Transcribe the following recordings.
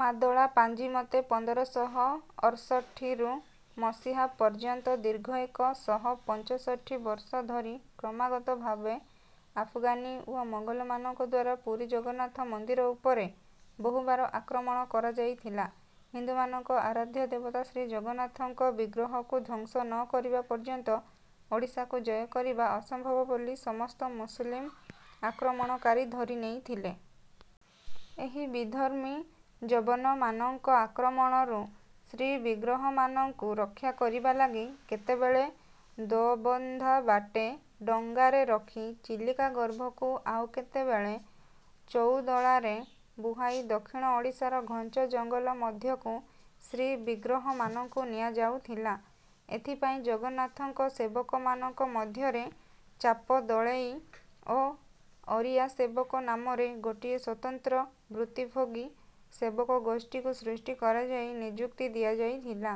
ମାଦଳା ପାଞ୍ଜି ମତେ ପନ୍ଦର ଶହ ଅର୍ଷଠି ରୁ ମସିହା ପର୍ଯ୍ୟନ୍ତ ଦୀର୍ଘ ଏକ ଶହ ପଞ୍ଚଷଠି ବର୍ଷ ଧରି କ୍ରମାଗତ ଭାବେ ଆଫଗାନୀ ଓ ମୋଗଲମାନଙ୍କ ଦ୍ୱାରା ପୁରୀ ଜଗନ୍ନାଥ ମନ୍ଦିର ଉପରେ ବହୁବାର ଆକ୍ରମଣ କରାଯାଇଥିଲା। ହିନ୍ଦୁମାନଙ୍କ ଆରାଧ୍ୟ ଦେବତା ଶ୍ରୀଜଗନ୍ନାଥଙ୍କ ବିଗ୍ରହକୁ ଧ୍ୱଂସ ନ କରିବା ପର୍ଯ୍ୟନ୍ତ ଓଡ଼ିଶାକୁ ଜୟ କରିବା ଅସମ୍ଭବ ବୋଲି ସମସ୍ତ ମୁସଲିମ ଆକ୍ରମଣକାରୀ ଧରିନେଇଥିଲେ। ଏହି ବିଧର୍ମୀ ଯବନମାନଙ୍କ ଆକ୍ରମଣରୁ ଶ୍ରୀବିଗ୍ରହମାନଙ୍କୁ ରକ୍ଷା କରିବା ଲାଗି କେତେବେଳେ ଦୋବନ୍ଧା ବାଟେ ଡଙ୍ଗାରେ ରଖି ଚିଲିକା ଗର୍ଭକୁ ଆଉ କେତେବେଳେ ଚଉଦୋଳାରେ ବୁହାଇ ଦକ୍ଷିଣ ଓଡ଼ିଶାର ଘଞ୍ଚ ଜଙ୍ଗଲ ମଧ୍ୟକୁ ଶ୍ରୀବିଗ୍ରହମାନଙ୍କୁ ନିଆଯାଉଥିଲା। ଏଥିପାଇଁ ଜଗନ୍ନାଥଙ୍କ ସେବକମାନଙ୍କ ମଧ୍ୟରେ ଚାପ ଦଳେଇ ଓ ଅରିଆ ସେବକ ନାମରେ ଗୋଟିଏ ସ୍ୱତନ୍ତ୍ର ବୃତ୍ତିଭୋଗୀ ସେବକ ଗୋଷ୍ଠୀକୁ ସୃଷ୍ଟି କରାଯାଇ ନିଯୁକ୍ତି ଦିଆଯାଇଥିଲା।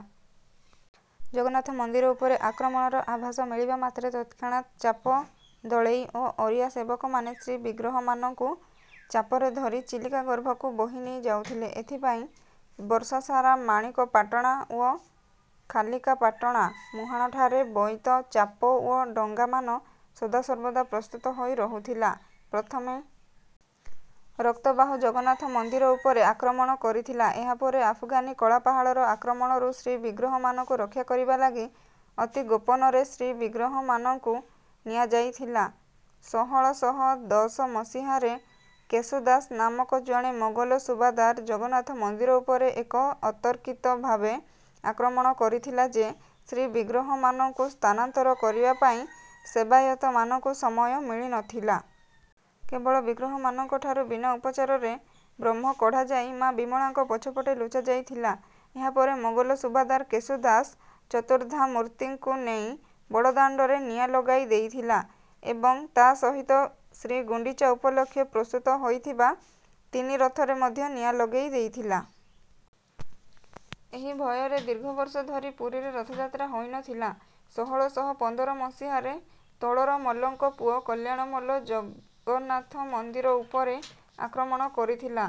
ଜଗନ୍ନାଥ ମନ୍ଦିର ଉପରେ ଆକ୍ରମଣର ଆଭାସ ମିଳିବା ମାତ୍ରେ ତତ୍କ୍ଷଣାତ୍ ଚାପ ଦଳେଇ ଓ ଅରିଆ ସେବକମାନେ ଶ୍ରୀବିଗ୍ରହମାନଙ୍କୁ ଚାପରେ ଧରି ଚିଲିକା ଗର୍ଭକୁ ବୋହି ନେଇଯାଉଥିଲେ। ଏଥିପାଇଁ ବର୍ଷସାରା ମାଣିକପାଟଣା ଓ ଖାଲିକାପାଟଣା ମୁହାଣଠାରେ ବୋଇତ, ଚାପ ଓ ଡଙ୍ଗାମାନ ସଦାସର୍ବଦା ପ୍ରସ୍ତୁତ ହୋଇ ରହୁଥିଲା। ପ୍ରଥମ ରକ୍ତବାହୁ ଜଗନ୍ନାଥ ମନ୍ଦିର ଉପରେ ଆକ୍ରମଣ କରିଥିଲା। ଏହାପରେ ଆଫଗାନୀ କଳାପାହାଡ଼ର ଆକ୍ରମଣରୁ ଶ୍ରୀବିଗ୍ରହମାନଙ୍କୁ ରକ୍ଷା କରିବା ଲାଗି ଅତି ଗୋପନରେ ଶ୍ରୀବିଗ୍ରହମାନଙ୍କୁ ନିଆଯାଇଥିଲା। ସୋହଳ ଶହ ଦଶ ମସିହାରେ କେଶୁ ଦାସ ନାମକ ଜଣେ ମୋଗଲ ସୁବାଦାର ଜଗନ୍ନାଥ ମନ୍ଦିର ଉପରେ ଏତେ ଅତର୍କିତ ଭାବେ ଆକ୍ରମଣ କରିଥିଲା ଯେ ଶ୍ରୀବିଗ୍ରହମାନଙ୍କୁ ସ୍ଥାନାନ୍ତର କରିବା ପାଇଁ ସେବାୟତମାନଙ୍କୁ ସମୟ ମିଳି ନ ଥିଲା। କେବଳ ବିଗ୍ରହମାନଙ୍କଠାରୁ ବିନା ଉପଚାରରେ ବ୍ରହ୍ମ କଢ଼ାଯାଇ ମା ବିମଳାଙ୍କ ପଛପଟେ ଲୁଚାଯାଇଥିଲା। ଏହାପରେ ମୋଗଲ ସୁବାଦାର କେଶୁ ଦାସ ଚତୁର୍ଦ୍ଧା ମୂର୍ତ୍ତିଙ୍କୁ ନେଇ ବଡ଼ଦାଣ୍ଡରେ ନିଆଁ ଲଗାଇ ଦେଇଥିଲା ଏବଂ ତା ସହିତ ଶ୍ରୀଗୁଣ୍ଡିଚା ଉପଲକ୍ଷେ ପ୍ରସ୍ତୁତ ହୋଇଥିବା ତିନି ରଥରେ ମଧ୍ୟ ନିଆଁ ଲଗାଇ ଦେଇଥିଲା। ଏହି ଭୟରେ ଦୀର୍ଘବର୍ଷ ଧରି ପୁରୀରେ ରଥଯାତ୍ରା ହୋଇନଥିଲା। ସୋହଳ ଶହ ପନ୍ଦର ମସିହାରେ ତୋଡ଼ରମଲ୍ଲଙ୍କ ପୁଅ କଲ୍ୟାଣମଲ୍ଲ ଜଗନ୍ନାଥ ମନ୍ଦିର ଉପରେ ଆକ୍ରମଣ କରିଥିଲା।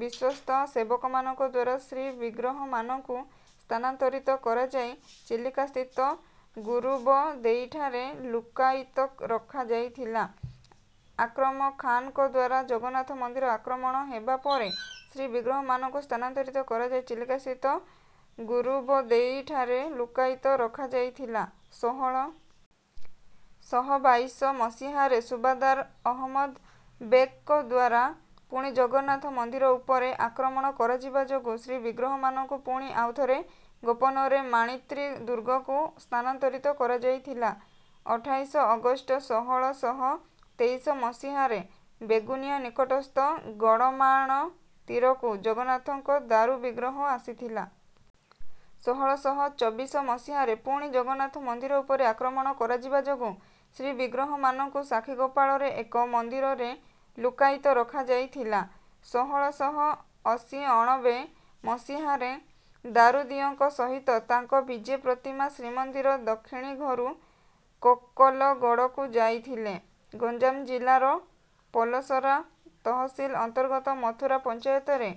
ବିଶ୍ୱସ୍ତ ସେବକମାନଙ୍କ ଦ୍ୱାରା ଶ୍ରୀବିଗ୍ରହମାନଙ୍କୁ ସ୍ଥାନାନ୍ତରିତ କରାଯାଇ ଚିଲିକାସ୍ଥିତ ଗୁରୁବଦେଇଠାରେ ଲୁକ୍କାୟିତ ରଖାଯାଇଥିଲା। ଆକ୍ରମ ଖାନ୍‌ଙ୍କ ଦ୍ୱାରା ଜଗନ୍ନାଥ ମନ୍ଦିର ଆକ୍ରମଣ ହେବା ପରେ ଶ୍ରୀବିଗ୍ରହମାନଙ୍କୁ ସ୍ଥାନାନ୍ତରିତ କରାଯାଇ ଚିଲିକାସ୍ଥିତ ଗୁରୁବଦେଇଠାରେ ଲୁକ୍କାୟିତ ରଖାଯାଇଥିଲା। ସୋହଳ ଶହ ବାଇଶ ମସିହାରେ ସୁବାଦାର ଅହମଦ ବେଗ୍‌ଙ୍କ ଦ୍ୱାରା ପୁଣି ଜଗନ୍ନାଥ ମନ୍ଦିର ଉପରେ ଆକ୍ରମଣ କରାଯିବା ଯୋଗୁ ଶ୍ରୀବିଗ୍ରହମାନଙ୍କୁ ପୁଣି ଆଉଥରେ ଗୋପନରେ ମାଣିତ୍ରୀ ଦୁର୍ଗକୁ ସ୍ଥାନାନ୍ତରିତ କରାଯାଇଥିଲା। ଅଠାଇଶ ଅଗଷ୍ଟ ସୋହଳ ଶହ ତେଇଶ ମସିହାରେ ବେଗୁନିଆ ନିକଟସ୍ଥ ଗଡ଼ମାଣତୀରକୁ ଜଗନ୍ନାଥଙ୍କ ଦାରୁବିଗ୍ରହ ଆସିଥିଲା। ସୋହଳ ଶହ ଚବିଶ ମସିହା ରେ ପୁଣି ଜଗନ୍ନାଥ ମନ୍ଦିର ଉପରେ ଆକ୍ରମଣ କରାଯିବା ଯୋଗୁ ଶ୍ରୀବିଗ୍ରହମାନଙ୍କୁ ସାକ୍ଷୀଗୋପାଳରେ ଏକ ମନ୍ଦିରରେ ଲୁକ୍କାୟିତ ରଖାଯାଇଥିଲା। ସୋହଳ ଶହ ଅଶୀଅଣବେ ମସିହା ରେ ଦାରୁଦିଅଁଙ୍କ ସହିତ ତାଙ୍କ ବିଜେ ପ୍ରତିମା ଶ୍ରୀମନ୍ଦିର ଦକ୍ଷିଣୀଘରୁ କୋକଲଗଡ଼କୁ ଯାଇଥିଲେ। ଗଞ୍ଜାମ ଜିଲ୍ଲାର ପୋଲସରା ତହସିଲ ଅନ୍ତର୍ଗତ ମଥୁରା ପଞ୍ଚାୟତରେ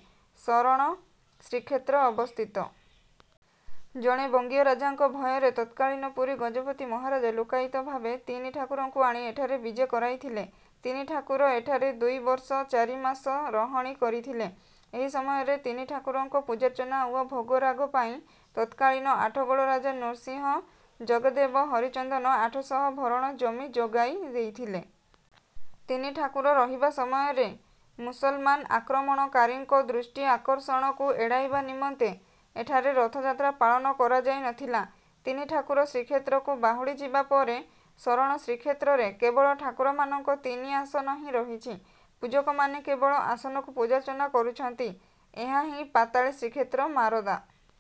ଶରଣ ଶ୍ରୀକ୍ଷେତ୍ର ଅବସ୍ଥିତ। ଜଣେ ବଙ୍ଗୀୟ ରାଜାଙ୍କ ଭୟରେ ତତ୍କାଳୀନ ପୁରୀ ଗଜପତି ମହାରାଜା ଲୁକ୍କାୟିତ ଭାବେ ତିନି ଠାକୁରଙ୍କୁ ଆଣି ଏଠାରେ ବିଜେ କରାଇଥିଲେ। ତିନିଠାକୁର ଏଠାରେ ଦୁଇ ବର୍ଷ ଚାରି ମାସ ରହଣି କରିଥିଲେ। ଏହି ସମୟରେ ତିନି ଠାକୁରଙ୍କ ପୂଜାର୍ଚ୍ଚନା ଓ ଭୋଗରାଗ ପାଇଁ ତତ୍କାଳୀନ ଆଠଗଡ଼ ରାଜା ନୃସିଂହ ଜଗଦ୍ଦେବ ହରିଚନ୍ଦନ ଆଠ ଶହ ଭରଣ ଜମି ଯୋଗାଇ ଦେଇଥିଲେ। ତିନି ଠାକୁର ରହିବା ସମୟରେ ମୁସଲମାନ ଆକ୍ରମଣକାରୀଙ୍କ ଦୃଷ୍ଟି ଆକର୍ଷଣକୁ ଏଡ଼ାଇବା ନିମନ୍ତେ ଏଠାରେ ରଥଯାତ୍ରା ପାଳନ କରାଯାଇ ନଥିଲା। ତିନି ଠାକୁର ଶ୍ରୀକ୍ଷେତ୍ରକୁ ବାହୁଡ଼ିଯିବା ପରେ ଶରଣ ଶ୍ରୀକ୍ଷେତ୍ରରେ କେବଳ ଠାକୁରମାନଙ୍କ ତିନି ଆସନ ହିଁ ରହିଛି। ପୂଜକମାନେ କେବଳ ଆସନକୁ ପୂଜାର୍ଚ୍ଚନା କରୁଛନ୍ତି। ଏହାହିଁ ପାତାଳି ଶ୍ରୀକ୍ଷେତ୍ର ମାରଦା।